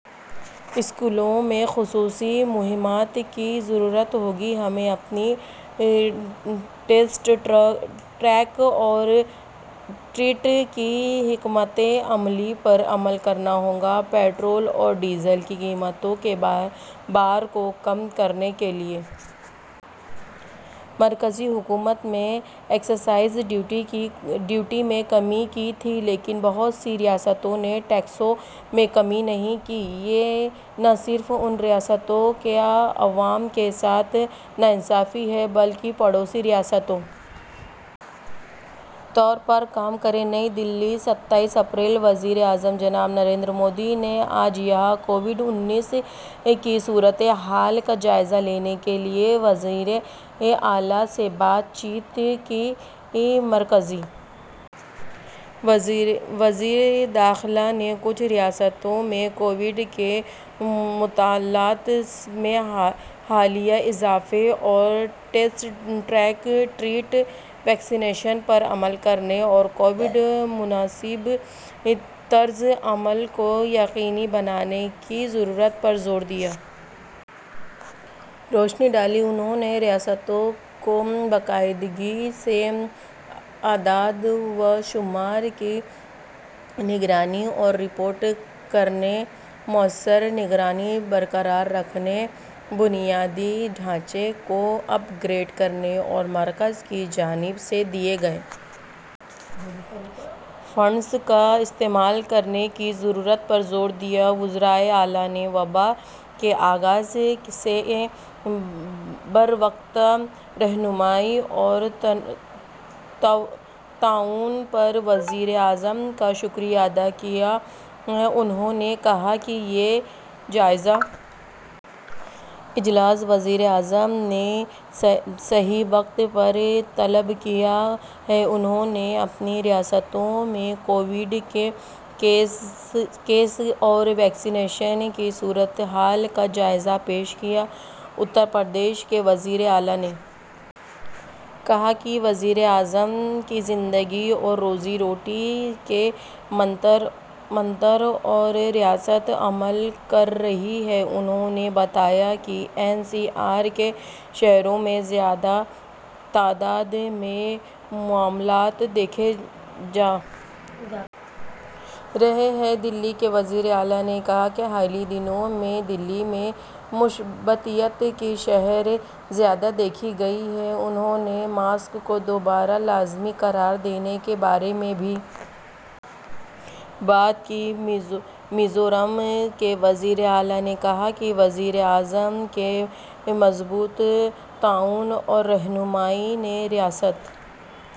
اسکولوں میں خصوصی مہمات کی بھی ضرورت ہوگی ہمیں اپنی ٹیسٹ ٹریک اور ٹریٹ کی حکمت عملی پر عمل کرنا ہوگا پٹرول اور ڈیزل کی قیمتوں کے بار کو کم کرنے کے لیے مرکزی حکومت نے ایکسائز ڈیوٹی میں کمی کی تھی لیکن بہت سی ریاستوں نے ٹیکسوں میں کمی نہیں کی یہ نہ صرف ان ریاستوں کے عوام کے ساتھ ناانصافی ہے بلکہ پڑوسی ریاستوں طور پر کام کریں نئی دہلی ستائیس اپریل وزیر اعظم جناب نریندر مودی نے آج یہاں کووڈ انیس کی صورت حال کا جائزہ لینے کے لیے وزرائے اعلیٰ سے بات چیت کی مرکزی وزیر داخلہ نے کچھ ریاستوں میں کووڈ کے معاملات میں حالیہ اضافے اور ٹیسٹ ٹریک ٹریٹ ویکسینیشن پر عمل کرنے اور کووڈ مناسب طرز عمل کو یقینی بنانے کی ضرورت پر زور دیا روشنی ڈالی انہوں نے ریاستوں کو باقاعدگی سے اعداد و شمار کی نگرانی اور رپورٹ کرنے موثر نگرانی برقرار رکھنے بنیادی ڈھانچے کو اپ گریڈ کرنے اور مرکز کی جانب سے دیے گئے فنڈز کا استعمال کرنے کی ضرورت پر زور دیا وزرائے اعلیٰ نے وبا کے آغاز سے بروقت رہنمائی اور تعاون پر وزیر اعظم کا شکریہ ادا کیا انہوں نے کہا کہ یہ جائزہ اجلاس وزیر اعظم نے صحیح وقت پر طلب کیا ہے انہوں نے اپنی ریاستوں میں کووڈ کے کیسز اور ویکسینیشن کی صورت حال کا جائزہ پیش کیا اتر پردیش کے وزیر اعلیٰ نے کہا کہ وزیر اعظم کی زندگی اور روزی روٹی کے منتر پر ریاست عمل کر رہی ہے انہوں نے بتایا کہ این سی آر کے شہروں میں زیادہ تعداد میں معاملات دیکھے جا رہے ہیں دہلی کے وزیر اعلیٰ نے کہا کہ حالیہ دنوں میں دہلی میں مثبتیت کی شرح زیادہ دیکھی گئی ہے انہوں نے ماسک کو دوبارہ لازمی قرار دینے کے بارے میں بھی بات کی میزورم کے وزیر اعلیٰ نے کہا کہ وزیر اعظم کے مضبوط تعاون اور رہنمائی نے ریاست